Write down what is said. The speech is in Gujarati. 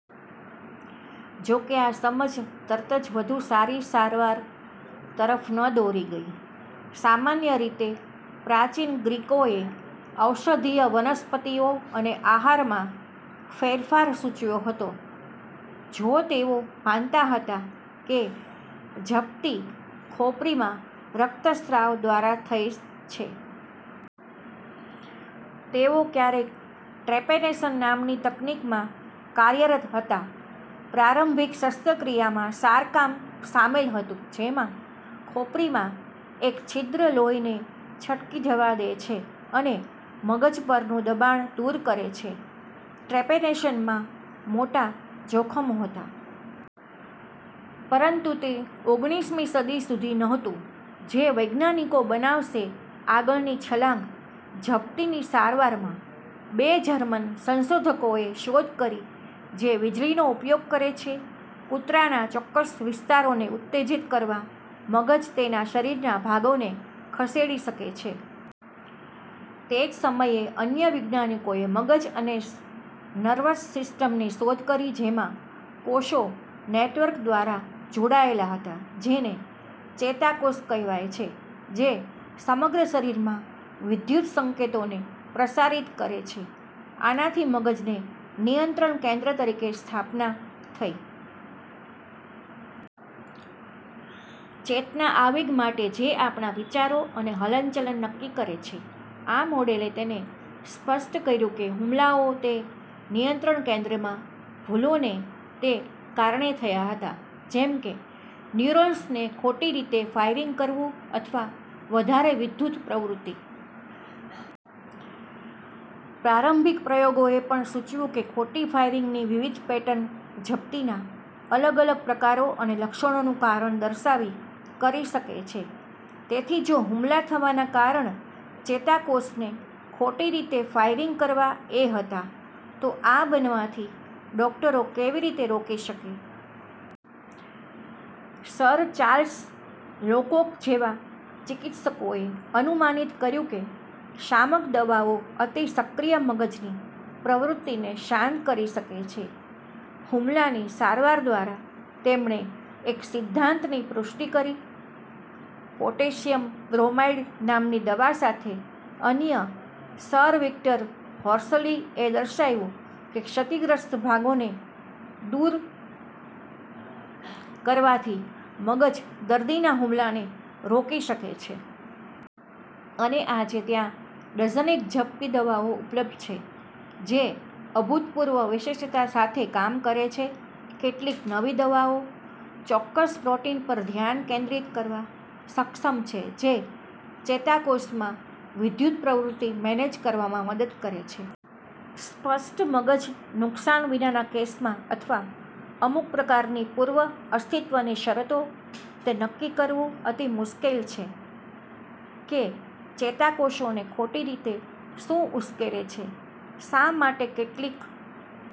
જો કે, આ સમજ તરતજ વધુ સારી સારવાર તરફ ન દોરી ગઈ. સામાન્ય રીતે, પ્રાચીન ગ્રીકોએ ઔષધીય વનસ્પતિઓ અને આહારમાં ફેરફાર, સૂચવ્યો હતો. જો તેઓ માનતા હતા કે જપ્તી ખોપરીમાં રક્તસ્રાવ દ્વારા થઈ છે. તેઓ ક્યારેક ટ્રેપેનેશન નામની તકનીક માં કાર્યરત હતા. પ્રારંભિક શસ્ત્રક્રિયામાં, શારકામ શામેલ હતું, જેમાં ખોપરીમાં એક છિદ્ર લોહીને છટકી જવા દે છે અને મગજ પરનું દબાણ દૂર કરે છે. ટ્રેપેનેશનમાં... મોટા જોખમો હતા. પરંતુ તે ઓગણીસમી સદી સુધી નહોતું, જે વૈજ્ઞાનિકો બનાવશે આગળની છલાંગ. જપ્તીની સારવારમાં, બે જર્મન સંશોધકોએ શોધ કરી જે વીજળીનો ઉપયોગ કરે છે. કૂતરાના ચોક્કસ વિસ્તારોને ઉત્તેજીત કરવા મગજ તેના શરીરના ભાગોને ખસેડી શકે છે. તે જ સમયે, અન્ય વૈજ્ઞાનિકોએ મગજ અને નર્વસ સિસ્ટમની શોધ કરી જેમાં કોષો નેટવર્ક દ્વારા જોડાયેલા હતા, જેને ચેતાકોષ કહેવાય છે, જે સમગ્ર શરીરમાં વિદ્યુત સંકેતોને પ્રસારિત કરે છે. આનાથી મગજને નિયંત્રણ કેન્દ્ર તરીકે સ્થાપના થઈ. ચેતના આવેગ માટે જે આપણા વિચારો અને હલનચલન નક્કી કરે છે. આ મોડેલે તેને સ્પષ્ટ કર્યુંકે હુમલાઓ તે નિયંત્રણ કેન્દ્રમાં, ભૂલોને તે કારણે થયા હતા, જેમ કે ન્યુરોન્સને ખોટી રીતે ફાયરિંગ કરવું અથવા વધારે વિદ્યુત પ્રવૃત્તિ. પ્રારંભિક પ્રયોગોએ પણ સૂચવ્યુ કે ખોટી ફાયરિંગની વિવિધ પેટર્ન જપ્તીના અલગ અલગ પ્રકારો અને લક્ષણોનું કારણ દર્શાવી કરી શકે છે, તેથી જો હુમલા થવાના કારણ ચેતાકોષને ખોટી રીતે ફાયરિંગ કરવા એ હતા, તો આ બનવાથી ડોકટરો કેવી રીતે રોકી શકે? સર ચાર્લ્સ લોકોક જેવા ચિકિત્સકોએ અનુમાનિત કર્યુંકે શામક દવાઓ અતિ સક્રિય મગજની પ્રવૃત્તિને શાંત કરી શકે છે, હુમલાની સારવાર દ્વારા તેમણે એક સિદ્ધાંત ની પુષ્ટિ કરી પોટેશિયમ બ્રોમાઇડ। નામની દવા સાથે. અન્ય, સર વિક્ટર હોર્સલી એ દર્શાવ્યું કે ક્ષતિગ્રસ્ત ભાગોને દૂર કરવાથી મગજ દર્દીના હુમલાને રોકી શકે છે. અને આજે, ત્યાં ડઝનેક જપ્તી દવાઓ ઉપલબ્ધ છે જે અભૂતપૂર્વ વિશિષ્ટતા સાથે કામ કરે છે. કેટલીક નવી દવાઓ ચોક્કસ પ્રોટીન પર ધ્યાન કેન્દ્રિત કરવા સક્ષમ છે, જે ચેતાકોષમાં વિદ્યુત પ્રવૃત્તિ મેનેજ કરવામાં મદદ કરે છે. સ્પષ્ટ મગજ નુકસાન વિનાના કેસમાં અથવા અમુક પ્રકારની પૂર્વ-અસ્તિત્વની શરતો, તે નક્કી કરવું અતિ મુશ્કેલ છે કે ચેતાકોષોને ખોટી રીતે શું ઉશ્કેરે છે. શા માટે કેટલીક